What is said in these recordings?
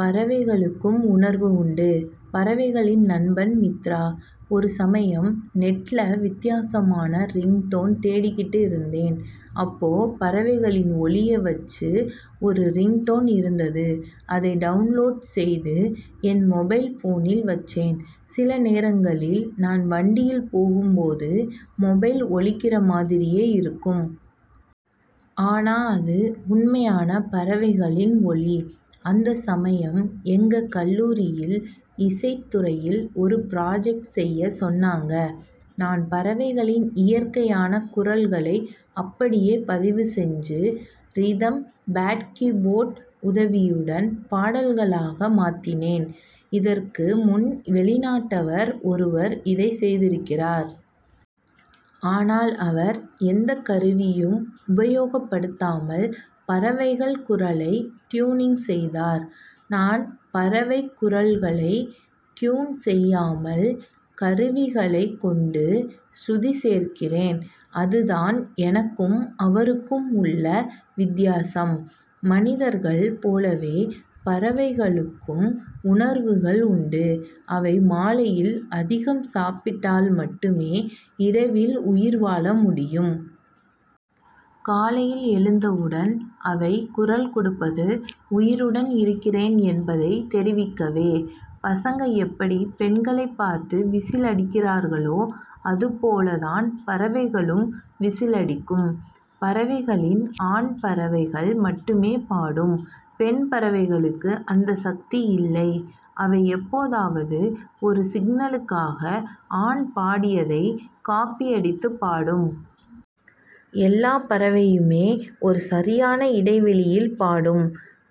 பறவைகளுக்கும் உணர்வு உண்டு: பறவைகளின் நண்பன் மித்ரா: ஒரு சமயம், நெட்ல வித்தியாசமான ரிங்டோன் தேடிக்கிட்டு இருந்தேன். அப்போ, பறவைகளின் ஒலிய வச்சு ஒரு ரிங்டோன் இருந்தது. அதை டவுன்லோட் செய்து, என் மொபைல் போனில் வச்சேன். சில நேரங்களில் நான் வண்டியில் போகும்போது, மொபைல் ஒலிக்கிற மாதிரியே இருக்கும். ஆனா, அது உண்மையான பறவைகளின் ஒலி. அந்த சமயம், எங்க கல்லூரியில் இசைத் துறையில் ஒரு புராஜெக்ட் செய்ய சொன்னாங்க. நான் பறவைகளின் இயற்கையான குரல்களை அப்படியே பதிவு செஞ்சு, ரிதம் பேட் கீ போர்ட் உதவியுடன் பாடல்களா மாத்தினேன். இதற்கு முன், வெளிநாட்டவர் ஒருவர் இதை செய்திருக்கிறார். ஆனால், அவர் எந்தக் கருவியும் உபயோகப்படுத்தாமல், பறவைகள் குரலை டியூனிங் செய்தார். நான் பறவைக் குரல்களை டியூன் செய்யாமல், கருவிகளைக் கொண்டு ஸ்ருதி சேர்க்கிறேன். அது தான் எனக்கும், அவருக்கும் உள்ள வித்தியாசம். மனிதர்கள் போலவே, பறவைகளுக்கும் உணர்வுகள் உண்டு. அவை மாலையில் அதிகம் சாப்பிட்டால் மட்டுமே, இரவில் உயிர் வாழ முடியும். காலையில் எழுந்தவுடன் அவை குரல் கொடுப்பது, உயிருடன் இருக்கிறேன் என்பதை தெரிவிக்கவே! பசங்க எப்படி பெண்களைப் பார்த்து விசில் அடிக்கிறார்களோ, அது போல தான் பறவைகளும், விசில் அடிக்கும். பறவைகளில் ஆண் பறவைகள் மட்டுமே பாடும். பெண் பறவைகளுக்கு அந்த சக்தி இல்லை. அவை எப்போதாவது ஒரு சிக்னலுக்காக, ஆண் பாடியதைக் காப்பியடித்துப் பாடும். எல்லா பறவையுமே ஒரு சரியான இடைவெளியில் பாடும்.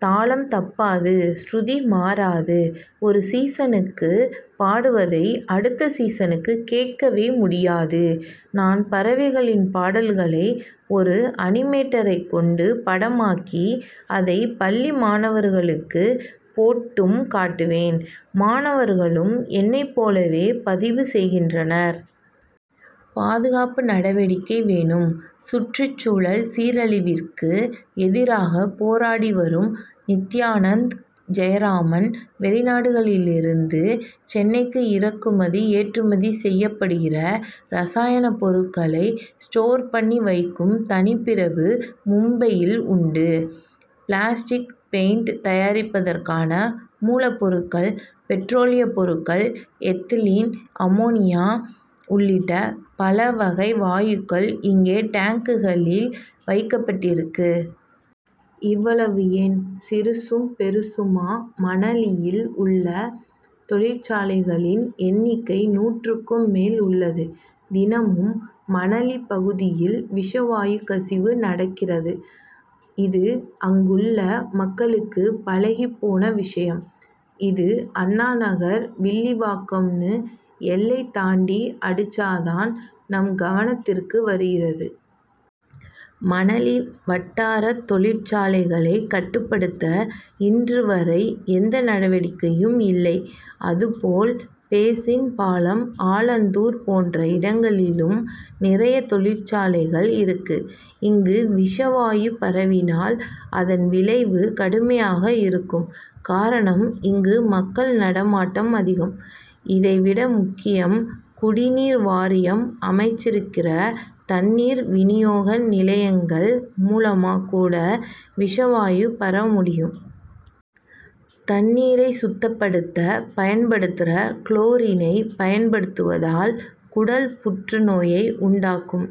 தாளம் தப்பாது, ஸ்ருதி மாறாது, ஒரு சீசனுக்குப் பாடுவதை, அடுத்த சீசனுக்கு கேட்கவே முடியாது. நான் பறவைகளின் பாடல்களை ஒரு அனிமேட்டரைக் கொண்டு படமாக்கி, அதை பள்ளி மாணவர்களுக்கு போட்டும் காட்டுவேன். மாணவர்களும் என்னைப் போலவே பதிவு செய்கின்றனர். பாதுகாப்பு நடவடிக்கை வேணும்: சுற்றுச்சூழல் சீரழிவிற்கு எதிராகப் போராடி வரும் நித்யானந்த் ஜெயராமன்: வெளிநாடுகளிலிருந்து சென்னைக்கு இறக்குமதி, ஏற்றுமதி செய்யப்படுகிற ரசாயனப் பொருட்களை ஸ்டோர் பண்ணி வைக்கும் தனிப்பிரிவு மும்பையில் உண்டு. பிளாஸ்டிக், பெயின்ட் தயாரிப்பதற்கான மூலப்பொருட்கள், பெட்ரோலியப் பொருள்கள், எத்திலீன், அமோனியா உள்ளிட்ட பல வகை வாயுக்கள் இங்கே டேங்குகளில் வைக்கப்பட்டிருக்கு. இவ்வளவு ஏன்சிறுசும், பெருசுமா மணலியில் உள்ள தொழிற்சாலைகளின் எண்ணிக்கை நூற்றுக்கும் மேல் உள்ளது. தினமும், மணலி பகுதியில் விஷ வாயு கசிவு நடக்கிறது இது அங்குள்ள மக்களுக்கு பழகிப் போன விஷயம். இது, அண்ணா நகர், வில்லிவாக்கம்ன்னு எல்லை தாண்டி அடிச்சா தான் நம் கவனத்திற்கு வருகிறது. மணலி வட்டாரத் தொழிற்சாலைகளைக் கட்டுப்படுத்த, இன்று வரை எந்த நடவடிக்கையும் இல்லை. அதுபோல், பேசின் பாலம், ஆலந்தூர் போன்ற இடங்களிலும் நிறைய தொழிற்சாலைகள் இருக்கு; இங்கு விஷவாயு பரவினால், அதன் விளைவு கடுமையாக இருக்கும். காரணம் இங்கு மக்கள் நடமாட்டம் அதிகம். இதை விட முக்கியம், குடிநீர் வாரியம் அமைச்சிருக்கிற தண்ணீர் வினியோக நிலையங்கள் மூலமா கூட விஷவாயு பரவ முடியு. தண்ணீரை சுத்தப்படுத்த பயன்படுத்துற குளோரினை பயன்படுத்துவதால், குடல் புற்று நோயை உண்டாக்கும்.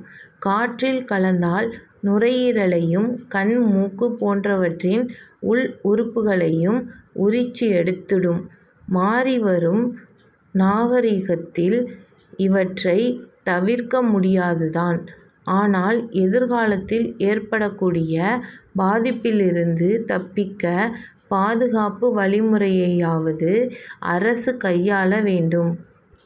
காற்றில் கலந்தால், நுரையீரலையும் கண், மூக்கு போன்றவற்றின் உள் உறுப்புகளையும் உரிச்சு எடுத்துடும். மாறிவரும் நாகரிகத்தில் இவற்றை தவிர்க்க முடியாது தான்; ஆனால், எதிர்காலத்தில் ஏற்படக்கூடிய பாதிப்பிலிருந்து தப்பிக்க, பாதுகாப்பு வழிமுறையையாவது அரசு கையாள வேண்டும்.